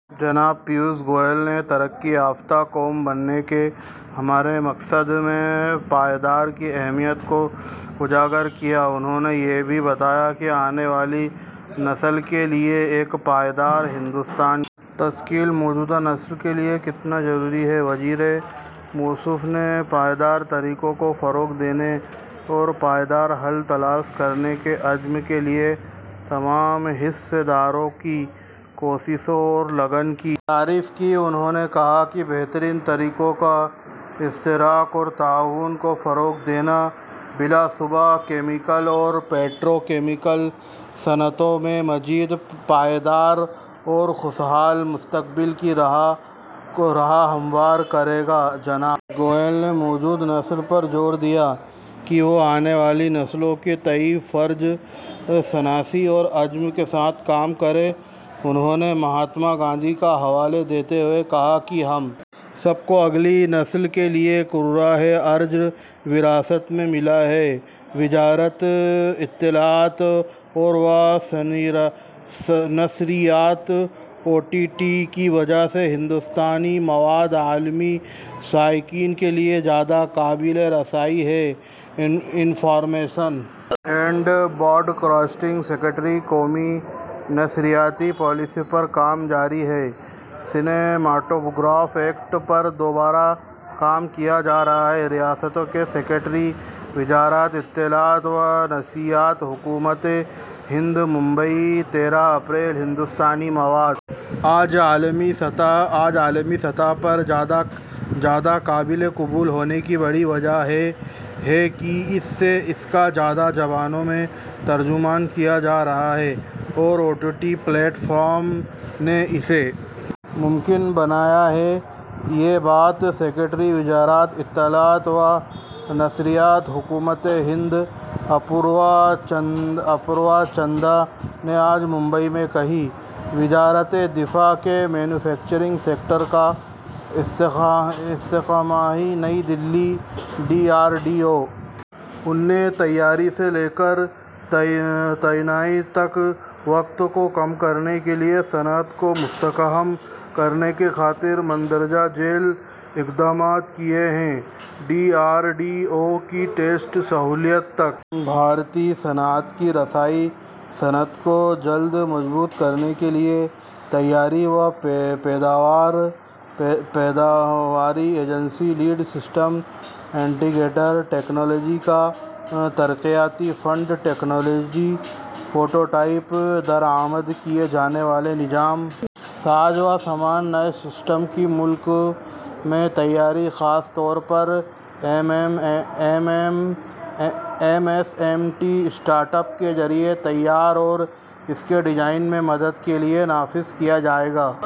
جناب پیوش گوئل نے ترقی یافتہ قوم بننے کے ہمارے مقصد میں پائیداری کی اہمیت کو اجاگر کیا انہوں نے یہ بھی بتایا کہ آنے والی نسل کے لیے ایک پائیدار ہندوستان کی تشکیل موجودہ نسل کے لیے کتنا ضروری ہے وزیر موصوف نے پائیدار طریقوں کو فروغ دینے اور پائیدار حل تلاش کرنے کے عزم کے لیے تمام حصص داروں کی کوششوں اور لگن کی تعریف کی انہوں نے کہا کہ بہترین طریقوں کا اشتراک اور تعاون کو فروغ دینا بلاشبہ کیمیکل اور پیٹرو کیمیکل صنعتوں میں مزید پائیدار اور خوشحال مستقبل کی راہ ہموار کرے گا جناب گوئل نے موجودہ نسل پر زور دیا کہ وہ آنے والی نسلوں کے تئیں فرض شناسی اور عزم کے ساتھ کام کریں انہوں نے مہاتما گاندھی کا حوالہ دیتے ہوئے کہا کہ ہم سب کو اگلی نسل کے لیے کرۂ ارض وراثت میں ملا ہے وزارت اطلاعات و نشریات او ٹی ٹی کی وجہ سے ہندوستانی مواد عالمی شائقین کے لیے زیادہ قابل رسائی ہے انفارمیشن اینڈ براڈکاسٹنگ سکریٹری قومی نشریاتی پالیسی پر کام جاری ہے سنیماٹوگراف ایکٹ پر دوبارہ کام کیا جا رہا ہے ریاستوں کے سکریٹری وزارت اطلاعات و نشریات حکومت ہند ممبئی تیرہ اپریل ہندوستانی مواد آج عالمی سطح پر زیادہ قابل قبول ہونے کی ایک بڑی وجہ یہ ہے کہ اس کا زیادہ زبانوں میں ترجمہ کیا جا رہا ہے اور O T T platforms نے اسے ممکن بنایا ہے یہ بات سکریٹری وزارت اطلاعات و نشریات حکومت ہند اپوروا چندرا نے آج ممبئی میں کہی وزارت دفاع دفاع کے مینو فیکچرنگ سیکٹر کا استحکام نئی Delhi D R D O نے تیاری سے لے کر تعیناتی تک وقت کو کم کرنے کے لیے صنعت کو مستحکم کرنے کی خاطر مندرجہ ذیل اقدامات کیے ہیں ڈی آر ڈی او کی ٹیسٹ سہولیات تک بھارتی صنعت کی رسائی صنعت کو جلد مربوط کرنے کے لیے تیاری و پیداوار کے شراکت دار پیداواری agency lead system integrator technology کا ترقیاتی فنڈ ٹیکنالوجی پروٹوٹائپ درآمد کیے جانے والے نظام ساز و سامان اور نئے سسٹم کی ملک میں تیاری خاص طور پر M S M E startup کے ذریعے تیاری اور اس کے ڈیزائن میں مدد کے لیے نافذ کیا گیا ہے